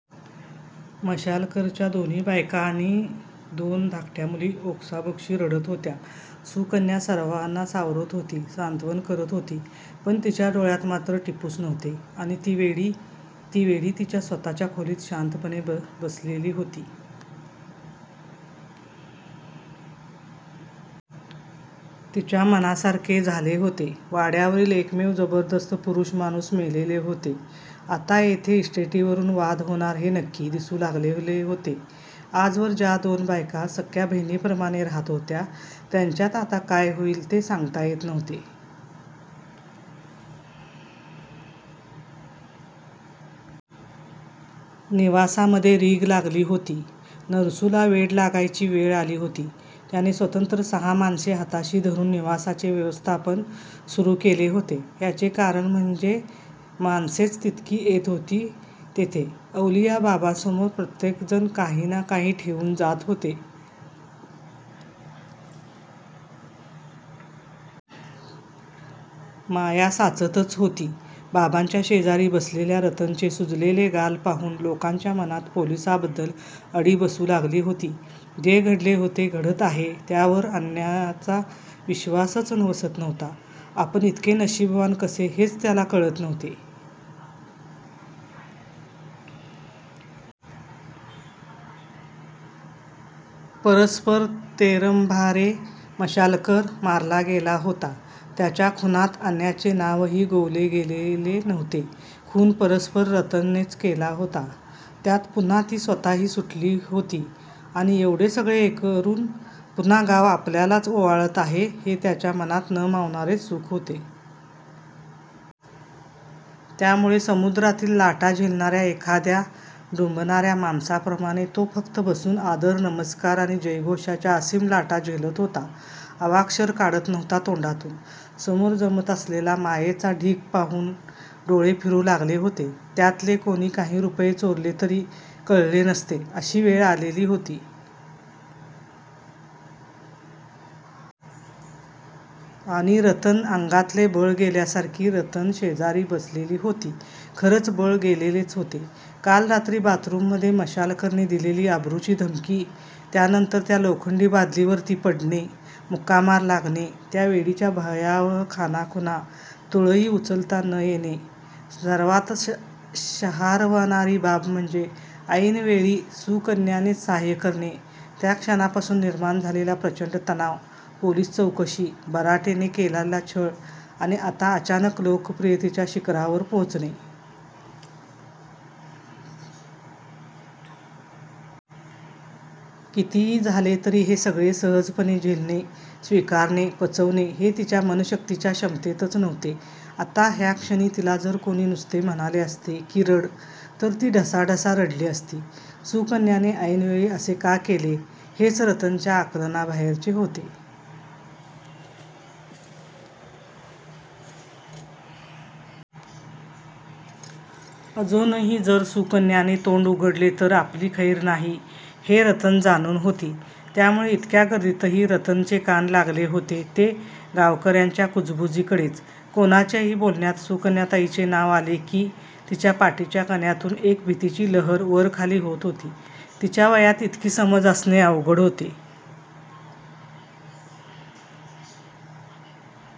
मशालकरच्या दोन्ही बायका आणि दोन धाकट्या मुली ओक्साबोक्शी रडत होत्या. सुकन्या सर्वांना सावरत होती, सांत्वन करत होती, पण तिच्या डोळ्यात मात्र टिपूस नव्हते. आणि ती वेडी? ती वेडी तिच्या स्वतःच्या खोलीत शांतपणे बसलेली होती. तिच्या मनासारखे झाले होते. वाड्यावरील एकमेव जबरदस्त पुरुष माणूस मेलेले होते. आता येथे इस्टेटीवरून वाद होणार हे नक्की दिसू लागलेले होते. आजवर ज्या दोन बायका सख्या बहिणीप्रमाणे राहात होत्या त्यांच्यात आता काय होईल ते सांगता येत नव्हते. निवासामध्ये रीघ लागली होती. नरसूला वेड लागायची वेळ आली होती. त्याने स्वतंत्र सहा माणसे हाताशी धरून निवासाचे व्यवस्थापन सुरू केले होते. ह्याचे कारण म्हणजे माणसेच तितकी येत होती तेथे. अवलिया बाबांसमोर प्रत्येकजण काही ना काही ठेवून जात होते. माया साचतच होती. बाबांच्या शेजारी बसलेल्या रतनचे सुजलेले गाल पाहून लोकांच्या मनात पोलिसांबद्दल अढी बसू लागली होती. जे घडले होते, घडत आहे, त्यावर अन्याचा विश्वासच बसत नव्हता. आपण इतके नशीबवान कसे हेच त्याला कळत नव्हते. परस्परं तेरंभारे मशालकर मारला गेला होता. त्याच्या खुनात अन्याचे नावही गोवले गेलेले नव्हते. खून परस्पर रतननेच केला होता. त्यात पुन्हा ती स्वतःही सुटली होती. आणि एवढे सगळे एकरून पुन्हा गाव आपल्यालाच ओवाळत आहे हे त्याच्या मनात न मावणारे सुख होते. त्यामुळे समुद्रातील लाटा झेलणाऱ्या एखाद्या डुंबणाऱ्या माणसाप्रमाणे तो फक्त बसून आदर, नमस्कार आणि जयघोषाच्या असीम लाटा झेलत होता. अवाक्षर काढत नव्हता तोंडातून. समोर जमत असलेला मायेचा ढीग पाहून डोळे फिरू लागले होते. त्यातले कोणी काही रुपये चोरले तरी कळले नसते अशी वेळ आलेली होती. आणि रतन? अंगातले बळ गेल्यासारखी रतन शेजारी बसलेली होती. खरंच बळ गेलेलेच होते. काल रात्री बाथरूममध्ये मशालकरने दिलेली अब्रूची धमकी, त्यानंतर त्या लोखंडी बादलीवर ती पडणे, मुका मार लागणे, त्या वेडीच्या भयावह खाणाखुणा, तुळई उचलता न येणे, सर्वात शहारवणारी बाब म्हणजे ऐनवेळी सुकन्यानेच सहाय्य करणे, त्या क्षणापासून निर्माण झालेला प्रचंड तणाव, पोलिस चौकशी, बराटेने केलेला छळ आणि आता अचानक लोकप्रियतेच्या शिखरावर पोहोचणे. कितीही झाले तरी हे सगळे सहजपणे झेलणे, स्वीकारणे, पचवणे हे तिच्या मनःशक्तीच्या क्षमतेतच नव्हते. आत्ता ह्या क्षणी तिला जर कोणी नुसते म्हणाले असते की रड, तर ती ढसाढसा रडली असती. सुकन्याने ऐनवेळी असे का केले हेच रतनच्या आकलनाबाहेरचे होते. अजूनही जर सुकन्याने तोंड उघडले तर आपली खैर नाही हे रतन जाणून होती. त्यामुळे इतक्या गर्दीतही रतनचे कान लागले होते ते गावकऱ्यांच्या कुजबुजीकडेच. कोणाच्याही बोलण्यात सुकन्याताईंचे नाव आले की तिच्या पाठीच्या कण्यातून एक भीतीची लहर वरखाली होत होती. तिच्या वयात इतकी समज असणे अवघड होते.